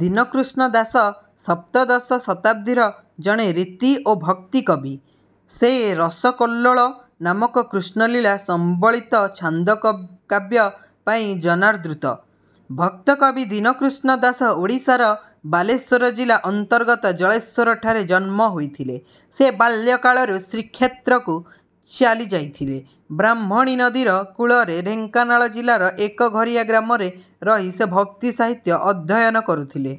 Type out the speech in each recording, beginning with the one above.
ଦୀନକୃଷ୍ଣ ଦାସ ସପ୍ତଦଶ ଶତାବ୍ଦୀର ଜଣେ ରୀତି ଓ ଭକ୍ତି କବି। ସେ ରସକଲ୍ଲୋଳ ନାମକ କୃଷ୍ଣଲୀଳା ସମ୍ବଳିତ ଛାନ୍ଦକାବ୍ୟ ପାଇଁ ଜନାଦୃତ। ଭକ୍ତକବି ଦୀନକୃଷ୍ଣ ଦାସ ଓଡ଼ିଶାର ବାଲେଶ୍ୱର ଜିଲ୍ଲା ଅନ୍ତର୍ଗତ ଜଳେଶ୍ୱରଠାରେ ଜନ୍ମ ହୋଇଥିଲେ। ସେ ବାଲ୍ୟକାଳରୁ ଶ୍ରୀକ୍ଷେତ୍ରକୁ ଚାଲିଯାଇଥିଲେ। ବ୍ରାହ୍ମଣୀ ନଦୀର କୂଳରେ ଢେଙ୍କାନାଳ ଜିଲ୍ଲାର ଏକଘରିଆ ଗ୍ରାମରେ ରହି ସେ ଭକ୍ତିସାହିତ୍ୟ ଅଧ୍ୟୟନ କରୁଥିଲେ।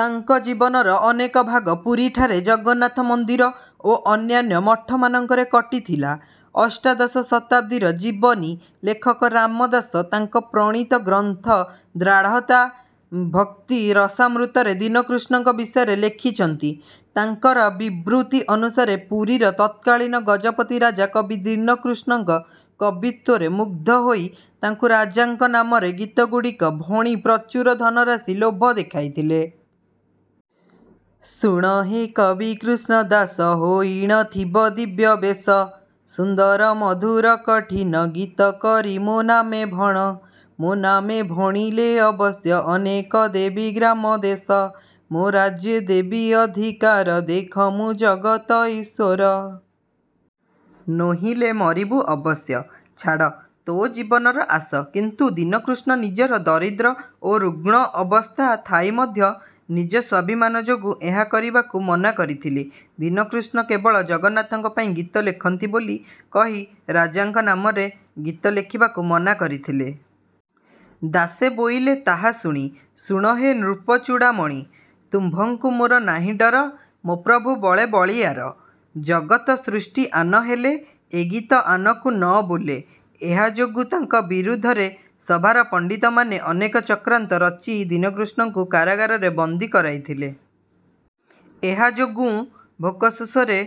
ତାଙ୍କ ଜୀବନର ଅନେକ ଭାଗ ପୁରୀଠାରେ ଜଗନ୍ନାଥ ମନ୍ଦିର ଓ ଅନ୍ୟାନ୍ୟ ମଠମାନଙ୍କରେ କଟିଥିଲା। ଅଷ୍ଟାଦଶ ଶତାବ୍ଦୀର ଜୀବନୀ ଲେଖକ ରାମଦାସ ତାଙ୍କ ପ୍ରଣୀତ ଗ୍ରନ୍ଥ ଦାର୍ଢ଼୍ୟତାଭକ୍ତି ରସାମୃତରେ ଦୀନକୃଷ୍ଣଙ୍କ ବିଷୟରେ ଲେଖିଛନ୍ତି। ତାଙ୍କର ବିବୃତି ଅନୁସାରେ ପୁରୀର ତତ୍କାଳୀନ ଗଜପତି ରାଜା କବି ଦୀନକୃଷ୍ଣଙ୍କ କବିତ୍ୱରେ ମୁଗ୍ଧ ହୋଇ ତାଙ୍କୁ ରାଜାଙ୍କ ନାମରେ ଗୀତଗୁଡ଼ିକ ଭଣି ପ୍ରଚୁର ଧନରାଶି ଲୋଭ ଦେଖାଇଥିଲେ। ଶୁଣ ହେ କବି କୃଷ୍ଣ ଦାସ। ହୋଇଣ ଥିବ ଦିବ୍ୟ ବେଶ। ସୁନ୍ଦର ମଧୁର କଠିନ। ଗୀତ କରି ମୋ ନାମେ ଭଣ। ମୋ ନାମେ ଭଣିଲେ ଅବଶ୍ୟ। ଅନେକ ଦେବି ଗ୍ରାମ ଦେଶ। ମୋ ରାଜ୍ୟେ ଦେବି ଅଧିକାର। ଦେଖ ମୁଁ ଜଗତ ଈଶ୍ୱର। ନୋହିଲେ ମରିବୁ ଅବଶ୍ୟ। ଛାଡ଼ ତୋ ଜୀବନର ଆଶ। କିନ୍ତୁ ଦୀନକୃଷ୍ଣ ନିଜର ଦରିଦ୍ର ଓ ରୁଗ୍ଣ ଅବସ୍ଥା ଥାଇ ମଧ୍ୟ ନିଜ ସ୍ୱାଭିମାନ ଯୋଗୁଁ ଏହା କରିବାକୁ ମନା କରିଥିଲେ। ଦୀନକୃଷ୍ଣ କେବଳ ଜଗନ୍ନାଥଙ୍କ ପାଇଁ ଗୀତ ଲେଖନ୍ତି ବୋଲି କହି ରାଜାଙ୍କ ନାମରେ ଗୀତ ଲେଖିବାକୁ ମନା କରିଥିଲେ। ଦାସେ ବୋଇଲେ ତାହା ଶୁଣି। ଶୁଣ ହେ ନୃପଚୂଡ଼ାମଣି। ତୁମ୍ଭଙ୍କୁ ମୋର ନାହିଁ ଡର। ମୋ ପ୍ରଭୁ ବଳେ ବଳୀୟାର। ଜଗତ ସୃଷ୍ଟି ଆନ ହେଲେ। ଏ ଗୀତ ଆନକୁ ନ ବୋଲେ। ଏହା ଯୋଗୁଁ ତାଙ୍କ ବିରୁଦ୍ଧରେ ସଭାର ପଣ୍ଡିତମାନେ ଅନେକ ଚକ୍ରାନ୍ତ ରଚି ଦୀନକୃଷ୍ଣଙ୍କୁ କାରାଗାରରେ ବନ୍ଦୀ କରାଇଥିଲେ। ଏହା ଯୋଗୁଁ ଭୋକଶୋଷରେ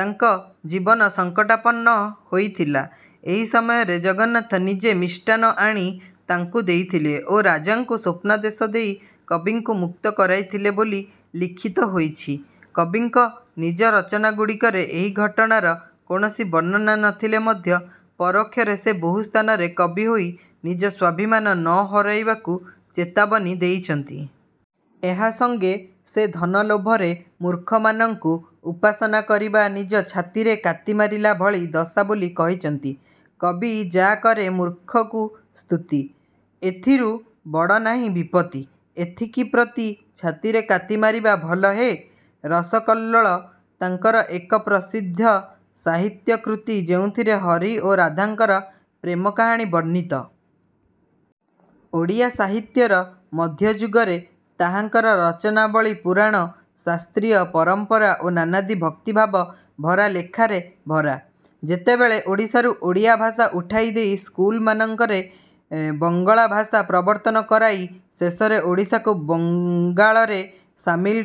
ତାଙ୍କ ଜୀବନ ସଙ୍କଟାପନ୍ନ ହୋଇଥିଲା। ଏହି ସମୟରେ ଜଗନ୍ନାଥ ନିଜେ ମିଷ୍ଟାନ୍ନ ଆଣି ତାଙ୍କୁ ଦେଇଥିଲେ ଓ ରାଜାଙ୍କୁ ସ୍ୱପ୍ନାଦେଶ ଦେଇ କବିଙ୍କୁ ମୁକ୍ତ କରାଇଥିଲେ ବୋଲି ଲିଖିତ ହୋଇଛି। କବିଙ୍କ ନିଜ ରଚନାଗୁଡ଼ିକରେ ଏହି ଘଟଣାର କୌଣସି ବର୍ଣ୍ଣନା ନଥିଲେ ମଧ୍ୟ ପରୋକ୍ଷରେ ସେ ବହୁ ସ୍ଥାନରେ କବି ହୋଇ ନିଜ ସ୍ୱାଭିମାନ ନ ହରାଇବାକୁ ଚେତାବନୀ ଦେଇଛନ୍ତି। ଏହା ସଙ୍ଗେ ସେ ଧନ ଲୋଭରେ ମୂର୍ଖମାନଙ୍କୁ ଉପାସନା କରିବା ନିଜ ଛାତିରେ କାତି ମାରିଲା ଭଳି ଦଶା ବୋଲି କହିଛନ୍ତି। କବି ଯା କରେ ମୂର୍ଖକୁ ସ୍ତୁତି। ଏଥିରୁ ବଡ଼ ନାହିଁ ବିପତ୍ତି। ଏଥିକି ପ୍ରତି ଛାତିରେ କାତି ମାରିବା ଭଲ ହେ। ରସକଲ୍ଲୋଳ ତାଙ୍କର ଏକ ପ୍ରସିଦ୍ଧ ସାହିତ୍ୟ କୃତି ଯେଉଁଥିରେ ହରି ଓ ରାଧାଙ୍କର ପ୍ରେମ କାହାଣୀ ବର୍ଣ୍ଣିତ। ଓଡ଼ିଆ ସାହିତ୍ୟର ମଧ୍ୟଯୁଗରେ ତାହାଙ୍କର ରଚନାବଳୀ ପୁରାଣ ଶାସ୍ତ୍ରୀୟ ପରମ୍ପରା ଓ ନାନାଦି ଭକ୍ତି ଭାବ ଭରା ଲେଖାରେ ଭରା। ଯେତେବେଳେ ଓଡ଼ିଶାରୁ ଓଡ଼ିଆ ଭାଷା ଉଠାଇ ଦେଇ ସ୍କୁଲମାନଙ୍କରେ ବଙ୍ଗଳା ଭାଷା ପ୍ରବର୍ତ୍ତନ କରାଇ ଶେଷରେ ଓଡ଼ିଶାକୁ ବଙ୍ଗାଳରେ ସାମିଲ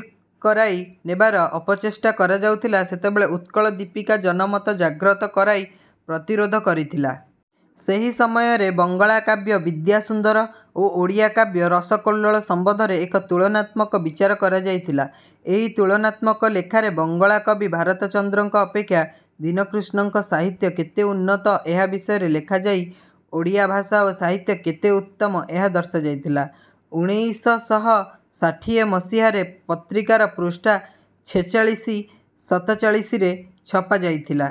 କରାଇ ନେବାର ଅପଚେଷ୍ଟା କରାଯାଉଥିଲା ସେତେବେଳେ ଉତ୍କଳ ଦୀପିକା ଜନମତ ଜାଗ୍ରତ କରାଇ ପ୍ରତିରୋଧ କରିଥିଲା। ସେହି ସମୟରେ ବଙ୍ଗଳା କାବ୍ୟ ବିଦ୍ୟାସୁନ୍ଦର ଓ ଓଡ଼ିଆ କାବ୍ୟ ରସକଲ୍ଲୋଳ ସମ୍ବନ୍ଧରେ ଏକ ତୁଳନାତ୍ମକ ବିଚାର କରାଯାଇଥିଲା। ଏହି ତୁଳନାତ୍ମକ ଲେଖାରେ ବଙ୍ଗଳା କବି ଭାରତଚନ୍ଦ୍ରଙ୍କ ଅପେକ୍ଷା ଦୀନକୃଷ୍ଣଙ୍କ ସାହିତ୍ୟ କେତେ ଉନ୍ନତ ଏହା ବିଷୟରେ ଲେଖାଯାଇ ଓଡ଼ିଆ ଭାଷା ଓ ସାହିତ୍ୟ କେତେ ଉତ୍ତମ ଏହା ଦର୍ଶାଯାଇଥିଲା। ଉଣେଇଶ ଶହ ଷାଠିଏ ମସିହାରେ ପତ୍ରିକାର ପୃଷ୍ଠା ଛେଚାଳିଶି-ସତଚାଳିଶିରେ ଛପାଯାଇଥିଲା।